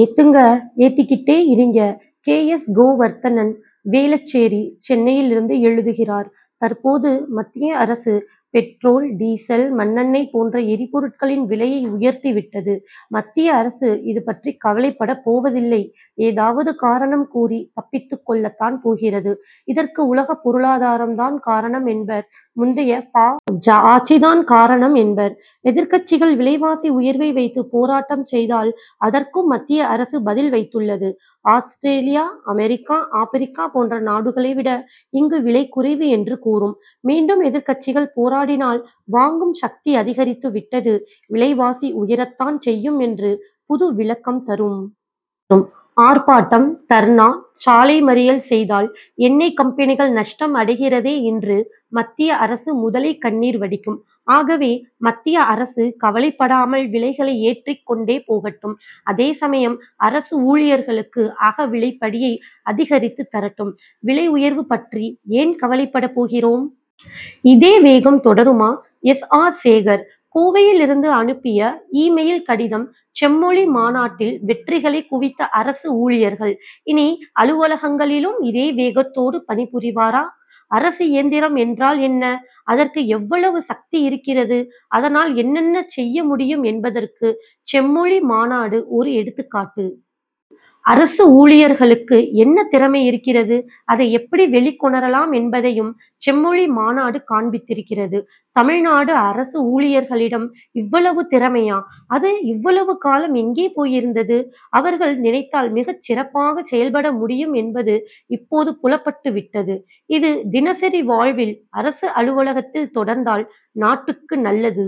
ஏத்துங்க, ஏத்திக்கிட்டே இருங்க K. S. Govardhanan, Velachery, சென்னையிலிருந்து எழுதுகிறார் தற்போது மத்திய அரசு, பெட்ரோல், டீசல், மண்ணெண்ணெய் போன்ற எரிபொருட்களின் விலையை உயர்த்திவிட்டது. மத்திய அரசு இதுபற்றி கவலைப்படப் போவதில்லை ஏதாவது காரணம் கூறி தப்பித்துக் கொள்ளத்தான் போகிறது. இதற்கு உலகப் பொருளாதாரம் தான் காரணம் என்பர் முந்தைய பா. ஜ., ஆட்சி தான் காரணம் என்பர். எதிர்க்கட்சிகள் விலைவாசி உயர்வை வைத்து போராட்டம் செய்தால், அதற்கும் மத்திய அரசு பதில் வைத்துள்ளதுஆஸ்திரேலியா, அமெரிக்கா, ஆப்ரிக்கா போன்ற நாடுகளைவிட, இங்கு விலை குறைவு என்று கூறும். மீண்டும் எதிர்க்கட்சிகள் போராடினால், வாங்கும் சக்தி அதிகரித்து விட்டது. விலைவாசி உயரத்தான் செய்யும் என்று புது விளக்கம் தரும். ஆர்ப்பாட்டம், தர்ணா, சாலை மறியல் செய்தால், எண்ணெய் கம்பெனிகள் நஷ்டம் அடைகிறதே என்று மத்திய அரசு முதலைக் கண்ணீர் வடிக்கும். ஆகவே, மத்திய அரசு கவலைப்படாமல் விலைகளை ஏற்றிக்கொண்டே போகட்டும். அதேசமயம், அரசு ஊழியர்களுக்கு அகவிலைப்படியை அதிகரித்துத் தரட்டும். விலை உயர்வு பற்றி ஏன் கவலைப்படப் போகிறோம். இதே வேகம் தொடருமா? எஸ். ஆர். சேகர், கோவையிலிருந்து அனுப்பிய, இ-மெயில் கடிதம் செம்மொழி மாநாட்டில் வெற்றிகளை குவித்த அரசு ஊழியர்கள், இனி அலுவலகங்களிலும் இதே வேகத்தோடு பணிபுரிவரா? அரசு இயந்திரம் என்றால் என்ன? அதற்கு எவ்வளவு சக்தி இருக்கிறதுஅதனால் என்னென்ன செய்ய முடியும் என்பதற்கு, செம்மொழி மாநாடு ஒரு எடுத்துக்காட்டு. அரசு ஊழியர்களுக்கு என்ன திறமை இருக்கிறது, அதை எப்படி வெளிக்கொணரலாம் என்பதையும், செம்மொழி மாநாடு காண்பித்திருக்கிறது. தமிழ்நாடு அரசு ஊழியர்களிடம் இவ்வளவு திறமையா? அது இவ்வளவு காலம் எங்கே போயிருந்தது? அவர்கள் நினைத்தால் மிகச் சிறப்பாக செயல்பட முடியும் என்பது இப்போது புலப்பட்டுவிட்டது. இது, தினசரி வாழ்வில், அரசு அலுவலகத்தில் தொடர்ந்தால் நாட்டுக்கு நல்லது!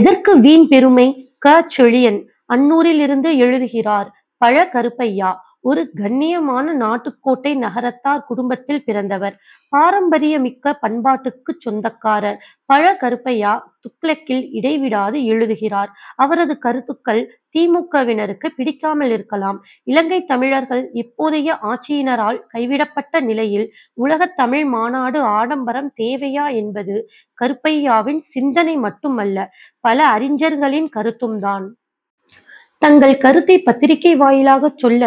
எதற்கு வீண் பெருமை! க. செழியன், அன்னூரிலிருந்து எழுதுகிறார் பழ. கருப்பையா, ஒரு கண்ணியமான நாட்டுக்கோட்டை நகரத்தார் குடும்பத்தில் பிறந்தவர். பாரம்பரியமிக்க பண்பாட்டுக்குச் சொந்தக்காரர். பழ. கருப்பையா, துக்ளக் கில் இடைவிடாது எழுதுகிறார். அவரது கருத்துக்கள், தி. மு. க.,வினருக்கு பிடிக்காமல் இருக்கலாம். இலங்கைத் தமிழர்கள் இப்போதைய ஆட்சியினரால் கைவிடப்பட்ட நிலையில், உலகத் தமிழ் மாநாடு ஆடம்பரம் தேவையா என்பது, கருப்பையாவின் சிந்தனை மட்டுமல்ல, பல அறிஞர்களின் கருத்தும் தான். தங்கள் கருத்தை பத்திரிகை வாயிலாக சொல்ல,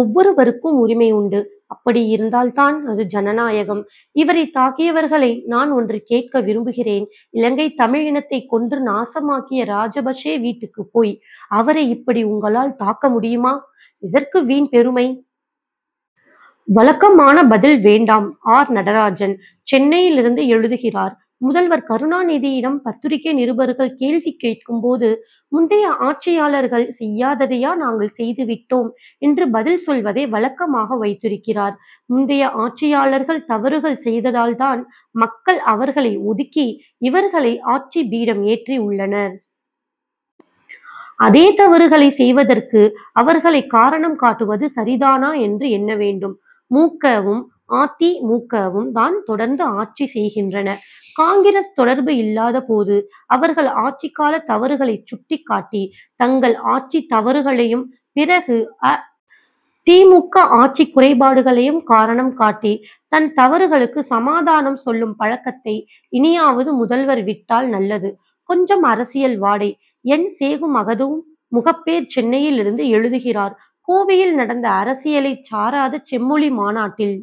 ஒவ்வொருவருக்கும் உரிமை உண்டு. அப்படி இருந்தால் தான், அது, ஜனநாயகம். இவரை தாக்கியவர்களை, நான் ஒன்று கேட்க விரும்புகிறேன்இலங்கைத் தமிழ் இனத்தை கொன்று நாசமாக்கிய ராஜபக்ஷே வீட்டுக்கு போய், அவரை இப்படி உங்களால் தாக்க முடியுமா? எதற்கு வீண் பெருமை. வழக்கமான பதில் வேண்டாம் ஆர். நடராஜன், சென்னையிலிருந்து எழுதுகிறார் முதல்வர் கருணாநிதியிடம் பத்திரிகை நிருபர்கள் கேள்வி கேட்கும் போது, முந்தைய ஆட்சியாளர்கள் செய்யாததையா நாங்கள் செய்து விட்டோம் என்று பதில் சொல்வதை வழக்கமாக வைத்திருக்கிறார். முந்தைய ஆட்சியாளர்கள் தவறுகள் செய்ததால் தான், மக்கள் அவர்களை ஒதுக்கி, இவர்களை ஆட்சிபீடம் ஏற்றி உள்ளனர். அதே தவறுகளை செய்வதற்கு, அவர்களை காரணம் காட்டுவது சரி தானா என்று எண்ண வேண்டும். மு. க.,வும் அ. தி. மு. க., வும், தான் தொடர்ந்து ஆட்சி செய்கின்றன. காங்கிரஸ் தொடர்பு இல்லாத போது, அவர்கள் ஆட்சி கால தவறுகளை சுட்டிக் காட்டி, தங்கள் ஆட்சி தவறுகளையும், பிறகு அ. தி. மு. க., ஆட்சி குறைபாடுகளையும் காரணம் காட்டி, தன் தவறுகளுக்கு சமாதானம் சொல்லும் பழக்கத்தை, இனியாவது முதல்வர் விட்டால் நல்லது. கொஞ்சம் அரசியல் வாடை! என். சேகு மகதும், முகப்பேர், சென்னையிலிருந்து எழுதுகிறார் கோவையில் நடந்த அரசியலைச் சாராத செம்மொழி மாநாட்டில்,